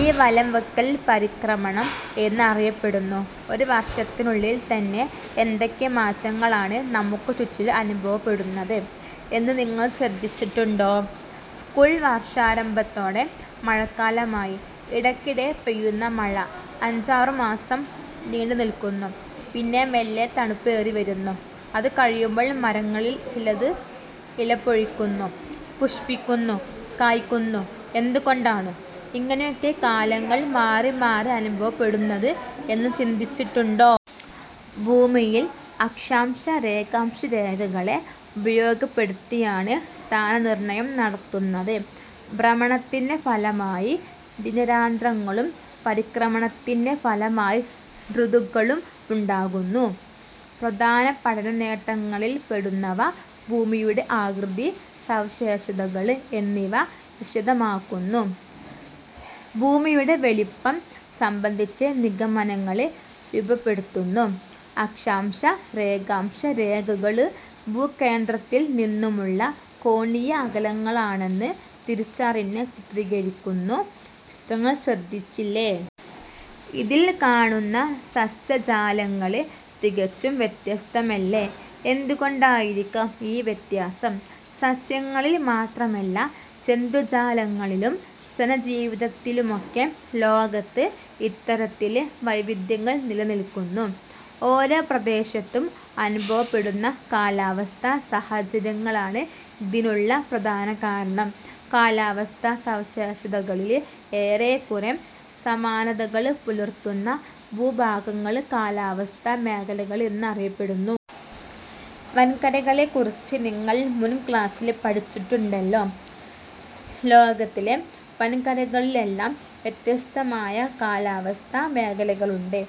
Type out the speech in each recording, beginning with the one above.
ഈ വലംവയ്ക്കൽ പരിക്രമണം എന്ന് അറിയപ്പെടുന്നു. ഒരു വർഷത്തിനുള്ളിൽ തന്നെ എന്തൊക്കെ മാറ്റങ്ങളാണ് നമുക്കുചുറ്റിലും അനുഭവപ്പെടുന്നത് എന്ന് നിങ്ങൾ ശ്രദ്ധിച്ചിട്ടുണ്ടോ? സ്കൂൾ വർഷാരംഭത്തോടെ മഴക്കാലമായി. ഇടയ്ക്കിടെ പെയ്യുന്ന മഴ അഞ്ചാറുമാസം നീണ്ടുനിൽക്കുന്നു. പിന്നെ മെല്ലെ തണുപ്പേറിവരുന്നു. അതുകഴിയുമ്പോൾ മരങ്ങളിൽ ചിലത് ഇലപൊഴിക്കുന്നു... പുഷ്പിക്കുന്നു.... കായ്ക്കുന്നു.... എന്തുകൊണ്ടാണ് ഇങ്ങനെയൊക്കെ കാലങ്ങൾ മാറിമാറി അനുഭവപ്പെടുന്നത് എന്ന് ചിന്തിച്ചിട്ടുണ്ടോ? ഭൂമിയിൽ അക്ഷാംശ-രേഖാംശരേഖകളെ ഉപയോഗപ്പെടുത്തിയാണ് സ്ഥാനനിർണ്ണയം നടത്തുന്നത്. ഭ്രമണത്തിന്റെ ഫലമായി ദിനരാത്രങ്ങളും പരിക്രമണത്തിന്റെ ഫലമായി ഋതുക്കളും ഉണ്ടാകുന്നു. പ്രധാന പഠനനേട്ടങ്ങളിൽപ്പെടുന്നവ ഭൂമിയുടെ ആകൃതി, സവിശേഷതകൾ എന്നിവ വിശദമാക്കുന്നു. ഭൂമിയുടെ വലിപ്പം സംബന്ധിച്ച് നിഗമനങ്ങൾ രൂപപ്പെടുത്തുന്നു. അക്ഷാംശ-രേഖാംശ രേഖകൾ ഭൂകേന്ദ്രത്തിൽ നിന്നുമുള്ള കോണീയ അകലങ്ങളാണെന്ന് തിരിച്ചറിഞ്ഞ് ചിത്രീകരിക്കുന്നു ചിത്രങ്ങൾ ശ്രദ്ധിച്ചില്ലേ. ഇതിൽ കാണുന്ന സസ്യജാലങ്ങൾ തികച്ചും വ്യത്യസ്തമല്ലേ. എന്തുകൊണ്ടായിരിക്കാം ഈ വ്യത്യാസം? സസ്യങ്ങളിൽ മാത്രമല്ല, ജന്തുജാലങ്ങളിലും ജനജീവിതത്തിലുമൊക്കെ ലോകത്ത് ഇത്തരത്തിൽ വൈവിധ്യങ്ങൾ നിലനിൽക്കുന്നു. ഓരോ പ്രദേശത്തും അനുഭവപ്പെടുന്ന കാലാവസ്ഥാ സാഹചര്യങ്ങളാണ് ഇതിനുള്ള പ്രധാന കാരണം. കാലാവസ്ഥാ സവിശേഷതകളിൽ ഏറെക്കുറെ സമാനതകൾ പുലർത്തുന്ന ഭൂഭാഗങ്ങൾ കാലാവസ്ഥാ മേഖലകൾ എന്ന് അറിയപ്പെടുന്നു. വൻകരകളെക്കുറിച്ച് നിങ്ങൾ മുൻ ക്ലാസ്സിൽ പഠിച്ചിട്ടുണ്ടല്ലോ. ലോകത്തിലെ വൻകരകളിലെല്ലാം വ്യത്യസ്തമായ കാലാവസ്ഥാ മേഖലകളുണ്ട്.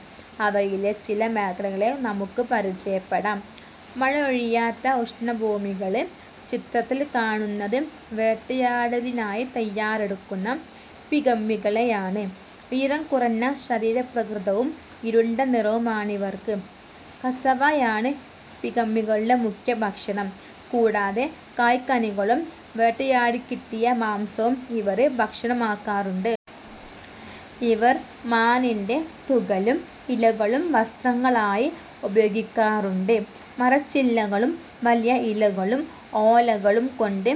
അവയിലെ ചില മേഖലകളെ നമുക്ക് പരിചയപ്പെടാം. മഴയൊഴിയാത്ത ഉഷ്ണഭൂമികൾ ചിത്രത്തിൽ കാണുന്നത് വേട്ടയാടലിനായി തയ്യാറെടുക്കുന്ന പിഗ്മികളെയാണ്. ഉയരം കുറഞ്ഞ ശരീരപ്രകൃതവും ഇരുണ്ട നിറവുമാണിവർക്ക്. കസാവ യാണ് പിഗ്മികളുടെ മുഖ്യ ഭക്ഷണം. കൂടാതെ കായ്കനികളും വേട്ടയാടിക്കിട്ടിയ മാംസവും ഇവർ ഭക്ഷണമാക്കാറുണ്ട്. ഇവർ മാനിന്റെ തുകലും ഇലകളും വസ്ത്രങ്ങളായി ഉപയോഗിക്കാറുണ്ട്. മരച്ചില്ലകളും വലിയ ഇലകളും ഓലകളും കൊണ്ട്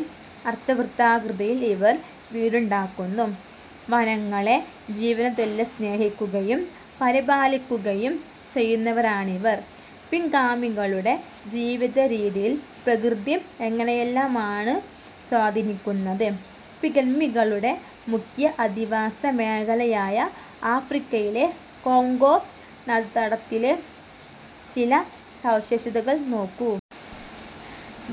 അർദ്ധവൃത്താകൃതിയിൽ ഇവർ വീടുണ്ടാക്കുന്നു. വനങ്ങളെ ജീവനുതുല്യം സ്നേഹിക്കുകയും പരിപാലിക്കുകയും ചെയ്യുന്നവരാണിവർ. പിഗ്മികളുടെ ജീവിതരീതിയിൽ പ്രകൃതി എങ്ങനെയെല്ലാമാണ് സ്വാധീനിക്കുന്നത്? പിഗ്മികളുടെ മുഖ്യ അധിവാസ മേഖലയായ ആഫ്രിക്കയിലെ കോംഗോ നദീതടത്തിലെ ചില സവിശേഷതകൾ നോക്കൂ.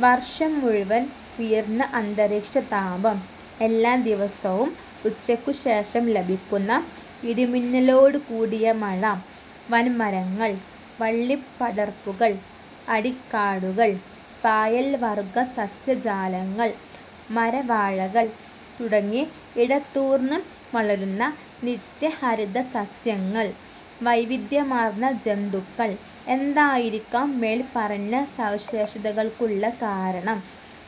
വർഷം മുഴുവൻ ഉയർന്ന അന്തരീക്ഷതാപം, എല്ലാ ദിവസവും ഉച്ചയ്ക്കുശേഷം ലഭിക്കുന്ന ഇടിമിന്നലോടുകൂടിയ മഴ. വൻമരങ്ങൾ, വള്ളിപ്പടർപ്പുകൾ, അടിക്കാടുകൾ, പായൽ വർഗ്ഗ സസ്യജാലങ്ങൾ, മരവാഴകൾ തുടങ്ങി ഇടതൂർന്ന് വളരുന്ന നിത്യഹരിത സസ്യങ്ങൾ. വൈവിധ്യമാർന്ന ജന്തുക്കൾ. എന്തായിരിക്കാം മേൽപ്പറഞ്ഞ സവിശേഷതകൾക്കുള്ള കാരണം?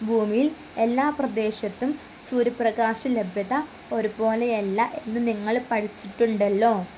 ഭൂമിയിൽ എല്ലാ പ്രദേശത്തും സൂര്യപ്രകാശലഭ്യത ഒരു പോലെയല്ല എന്ന് നിങ്ങൾ പഠിച്ചിട്ടുണ്ടല്ലോ.